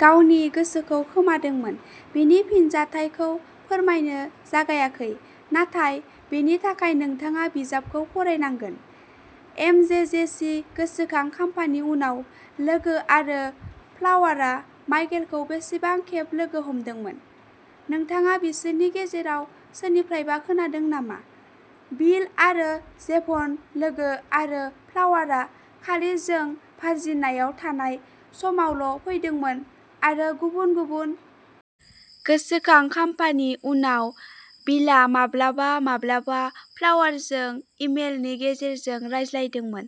"गावनि गोसोखौ खोमादोंमोन" बिनि फिनजाथायखौ फोरमायनो जागायाखै, नाथाय बेनि थाखाय नोंथाङा बिजाबखौ फरायनांगोन। एमजेजेसी गोसोखां खाम्फानि उनाव लोगो आरो फ्लावरआ माइकेलखौ बेसेबां खेब लोगो हमदोंमोन? नोंथाङा बिसोरनि गेजेराव सोरनिफ्रायबा खोनादों नामा? बिल आरो जेभन लोगो आरो फ्लावरआ खालि जों भार्जिनायाव थानाय समावल' फैदोंमोन आरो गुबुन गुबुन। गोसोखां खाम्फानि उनाव बिलआ माब्लाबा-माब्लाबा फ्लावरजों इमेलनि गेजेरजों रायज्लायदोंमोन,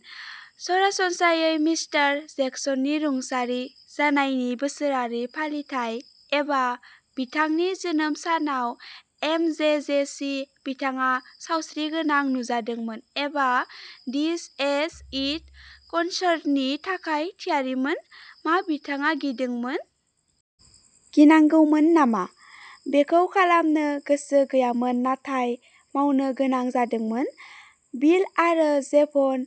सरासनस्रायै मिस्टार जेक्सननि रुंसारि जानायनि बोसोरारि फालिथाइ एबा बिथांनि जोनोम सानाव एमजेजेसी बिथाङा सावस्रिगोनां नुजादोंमोन एबा दिस इज इट कनसार्टनि थाखाय थियारिमोन? मा बिथाङा गिदोंमोन? गिनांगौमोन नामा? बेखौ खालामनो गोसो गैयामोन नाथाय मावनो गोनां जादोंमोन? बिल आरो जेभन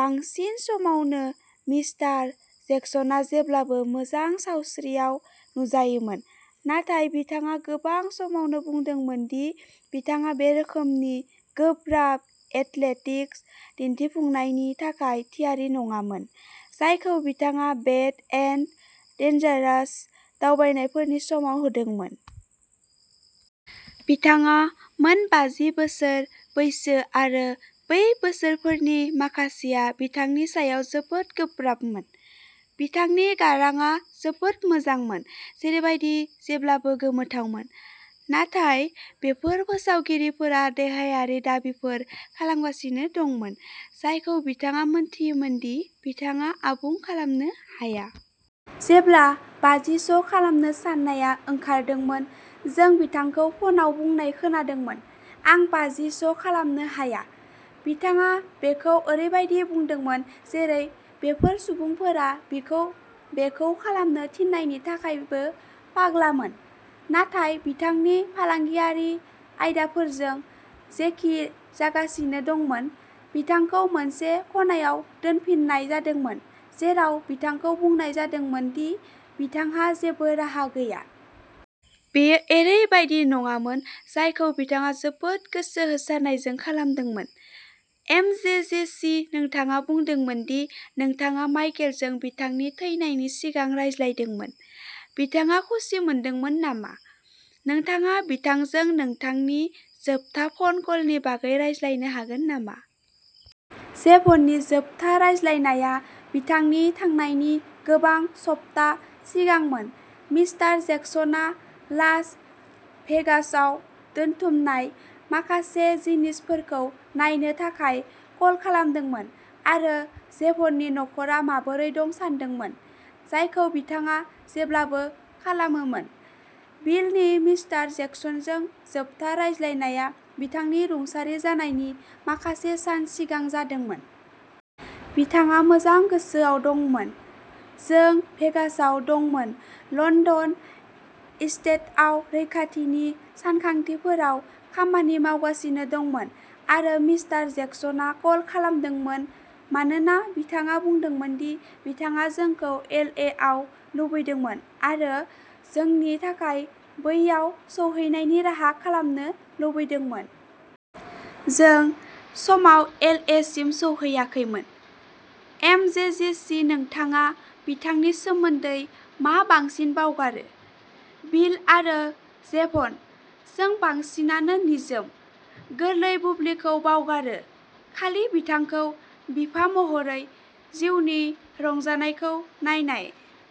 बांसिन समावनो मिस्टार जेक्सनआ जेब्लाबो मोजां सावस्रियाव नुजायोमोन, नाथाय बिथाङा गोबां समावनो बुंदोंमोन दि बिथाङा बै रोखोमनि गोब्राब, एथलेटिक दिन्थिफुंनायनि थाखाय थियारि नङामोन, जायखौ बिथाङा बेड एन्ड डेन्जारास दावबायनायफोरनि समाव होदोंमोन। बिथाङा मोन बाजि बोसोर बैसो आरो बै बोसोरफोरनि माखासेआ बिथांनि सायाव जोबोद गोब्राबमोन। बिथांनि गारांआ जोबोद मोजांमोन, जेरैबादि जेब्लाबो गोमोथावमोन, नाथाय बेफोर फोसावगिरिफोरा देहायारि दाबिफोर खालामगासिनो दंमोन जायखौ बिथाङा मोनथियोमोन दि बिथाङा आबुं खालामनो हाया। जेब्ला बाजि श' खालामनो साननाया ओंखारदोंमोन, जों बिथांखौ फनआव बुंनाय खोनादोंमोन, "आं बाजि श' खालामनो हाया।" बिथाङा बेखौ ओरैबायदि बुंदोंमोन जेरै बेफोर सुबुंफोरा बिखौ बेखौ खालामनो थिननायनि थाखायबो पागलमोन। नाथाय बिथांनि फालांगियारि आयदाफोरजों जेखि जागासिनो दंमोन, बिथांखौ मोनसे खनायाव दोनफिननाय जादोंमोन जेराव बिथांखौ बुंनाय जादोंमोन दि बिथांहा जेबो राहा गैया। बेयो ओरैबायदि नङामोन जायखौ बिथाङा जोबोद गोसो होसारनायजों खालामदोंमोन। एमजेजेसी नोंथाङा बुंदोंमोन दि नोंथाङा माइकेलजों बिथांनि थैनायनि सिगां रायज्लायदोंमोन। बिथाङा खुसि मोनदोंमोन नामा? नोंथाङा बिथांजों नोंथांनि जोबथा फन कलनि बागै रायज्लायनो हागोन नामा? जेभननि जोबथा रायज्लायनाया बिथांनि थांनायनि गोबां सप्ता सिगांमोन मिस्टार जेक्सनआ लास भेगासआव दोनथुमनाय माखासे जिनिसफोरखौ नायनो थाखाय कल खालामदोंमोन आरो जेभननि नख'रा माबोरै दं सोंदोंमोन, जायखौ बिथाङा जेब्लाबो खालामोमोन। बिलनि मिस्टार जेक्सनजों जोबथा रायज्लायनाया बिथांनि रुंसारि जानायनि माखासे सान सिगां जादोंमोन। बिथाङा मोजां गोसोआव दंमोन। जों भेगासआव दंमोन, लन्दन एस्टेटआव रैखाथिनि सानथांखिफोराव खामानि मावगासिनो दंमोन आरो मिस्टार जेक्सनआ कल खालामदोंमोन मानोना बिथाङा बुंदोंमोन दि बिथाङा जोंखौ एल ए आव लुबैदोंमोन आरो जोंनि थाखाय बैयाव सौहैनायनि राहा खालामनो लुबैदोंमोन। जों समाव एल ए सिम सौहैयाखैमोन। एम जे जे सि नोंथाङा बिथांनि सोमोन्दै मा बांसिन बावगारो? बिल आरो जेभनः जों बांसिनानो निजोम, गोरलै बुब्लिफोरखौ बावगारो, खालि बिथांखौ बिफा महरै जिउनि रंजानायखौ नायनाय ।